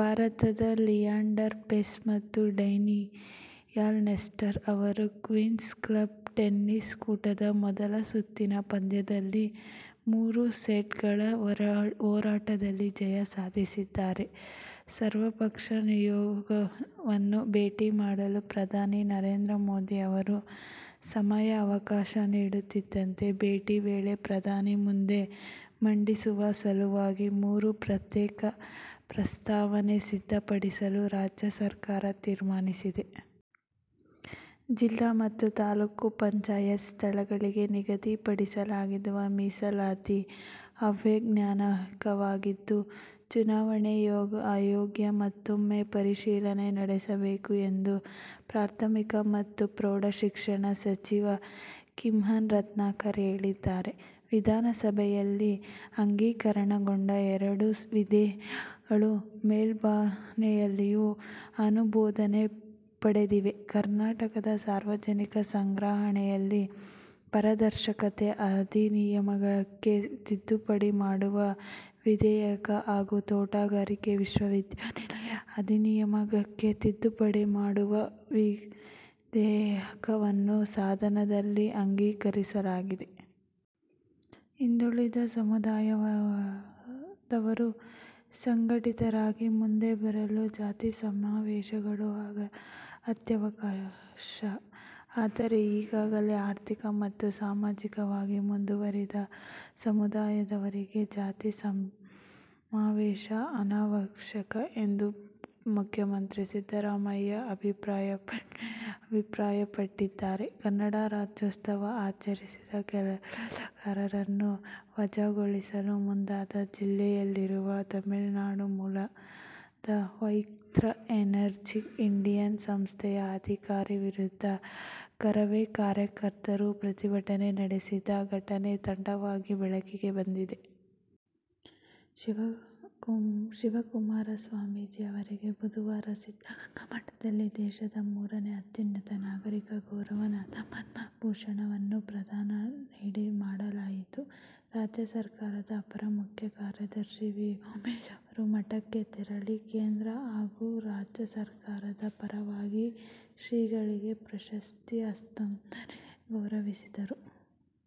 ಭಾರತದ ಲಿಯಾಂಡರ್ ಪೇಸ್ ಮತ್ತು Daniel Nestor ಅವರು ಕ್ವೀನ್ಸ್ ಕ್ಲಬ್ ಟೆನಿಸ್ ಕೂಟದ ಮೊದಲ ಸುತ್ತಿನ ಪಂದ್ಯದಲ್ಲಿ ಮೂರು ಸೆಟ್ಗಳ ಹೋರಾಟದಲ್ಲಿ ಜಯ ಸಾಧಿಸಿದ್ದಾರೆ. ಸರ್ವಪಕ್ಷ ನಿಯೋಗವನ್ನು ಭೇಟಿ ಮಾಡಲು ಪ್ರಧಾನಿ ನರೇಂದ್ರ ಮೋದಿ ಅವರು ಸಮಯಾವಕಾಶ ನೀಡುತ್ತಿದ್ದಂತೆ ಭೇಟಿ ವೇಳೆ ಪ್ರಧಾನಿ ಮುಂದೆ ಮಂಡಿಸುವ ಸಲುವಾಗಿ ಮೂರು ಪ್ರತ್ಯೇಕ ಪ್ರಸ್ತಾವನೆ ಸಿದ್ಧಪಡಿಸಲು ರಾಜ್ಯ ಸರ್ಕಾರ ತೀರ್ಮಾನಿಸಿದೆ. ಜಿಲ್ಲಾ ಮತ್ತು ತಾಲೂಕು ಪಂಚಾಯತ್ ಸ್ಥಾನಗಳಿಗೆ ನಿಗದಿಪಡಿಸಲಾದ ಮೀಸಲಾತಿ ಅವೈಜ್ಞಾನಿಕವಾಗಿದ್ದು, ಚುನಾವಣಾ ಆಯೋಗ ಮತ್ತೂಮ್ಮೆ ಪರಿಶೀಲನೆ ನಡೆಸಬೇಕು ಎಂದು ಪ್ರಾಥಮಿಕ ಮತ್ತು ಪ್ರೌಢಶಿಕ್ಷಣ ಸಚಿವ ಕಿಮ್ಮನೆ ರತ್ನಾಕರ್ ಹೇಳಿದ್ದಾರೆ. ವಿಧಾನಸಭೆಯಲ್ಲಿ ಅಂಗೀಕಾರಗೊಂಡ ಎರಡು ವಿಧೇಯಕಗಳು ಮೇಲ್ಮನೆಯಲ್ಲಿಯೂ ಅನುಮೋದನೆ ಪಡೆದಿವೆ. ಕರ್ನಾಟಕ ಸಾರ್ವಜನಿಕ ಸಂಗ್ರಹಣೆಯಲ್ಲಿ ಪಾರದರ್ಶಕತೆ ಅಧಿನಿಯಮಕ್ಕೆ ತಿದ್ದುಪಡಿ ಮಾಡುವ ವಿಧೇಯಕ ಹಾಗೂ ತೋಟಗಾರಿಕೆ ವಿಶ್ವವಿದ್ಯಾಲಯ ಅಧಿನಿಯಮಕ್ಕೆ ತಿದ್ದುಪಡಿ ಮಾಡುವ ವಿಧೇಯಕವನ್ನು ಸದನದಲ್ಲಿ ಅಂಗೀಕರಿಸಲಾಗಿದೆ. "ಹಿಂದುಳಿದ ಸಮುದಾಯದವರು ಸಂಘಟಿತರಾಗಿ ಮುಂದೆ ಬರಲು ಜಾತಿಸಮಾವೇಶಗಳು ಅತ್ಯವಶ್ಯಕ. ಆದರೆ, ಈಗಾಗಲೇ ಆರ್ಥಿಕ ಮತ್ತು ಸಾಮಾಜಿಕವಾಗಿ ಮುಂದುವರಿದ ಸಮುದಾಯದವರಿಗೆ ಜಾತಿ ಸಮಾವೇಶ ಅನವಶ್ಯಕ' ಎಂದು ಮುಖ್ಯಮಂತ್ರಿ ಸಿದ್ದರಾಮಯ್ಯ ಅಭಿಪ್ರಾಯಪಟ್ಟಿದ್ದಾರೆ. ಕನ್ನಡ ರಾಜ್ಯೋತ್ಸವ ಆಚರಿಸಿದ ಕೆಲಸಗಾರರನ್ನು ವಜಾಗೊಳಿಸಲು ಮುಂದಾದ ಜಿಲ್ಲೆಯಲ್ಲಿರುವ ತಮಿಳುನಾಡು ಮೂಲದ ಮೈತ್ರಾ ಎನರ್ಜಿ ಇಂಡಿಯಾ ಸಂಸ್ಥೆಯ ಅಧಿಕಾರಿ ವಿರುದ್ಧ ಕರವೇ ಕಾರ್ಯಕರ್ತರು ಪ್ರತಿಭಟನೆ ನಡೆಸಿದ ಘಟನೆ ತಡವಾಗಿ ಬೆಳಕಿಗೆ ಬಂದಿದೆ. ಶಿವಕುಮಾರ ಸ್ವಾಮೀಜಿ ಅವರಿಗೆ ಬುಧವಾರ ಸಿದ್ಧಗಂಗಾ ಮಠದಲ್ಲಿ ದೇಶದ ಮೂರನೇ ಅತ್ಯುನ್ನತ ನಾಗರಿಕ ಗೌರವವಾದ ಪದ್ಮಭೂಷಣವನ್ನು ಪ್ರದಾನ ಮಾಡಲಾಯಿತು. ರಾಜ್ಯ ಸರ್ಕಾರದ ಅಪರ ಮುಖ್ಯ ಕಾರ್ಯದರ್ಶಿ ವಿ. ಉಮೇಶ್ ಅವರು ಮಠಕ್ಕೆ ತೆರಳಿ ಕೇಂದ್ರ ಹಾಗೂ ರಾಜ್ಯ ಸರ್ಕಾರದ ಪರವಾಗಿ ಶ್ರೀಗಳಿಗೆ ಪ್ರಶಸ್ತಿ ಹಸ್ತಾಂತರಿಸಿ ಗೌರವಿಸಿದರು.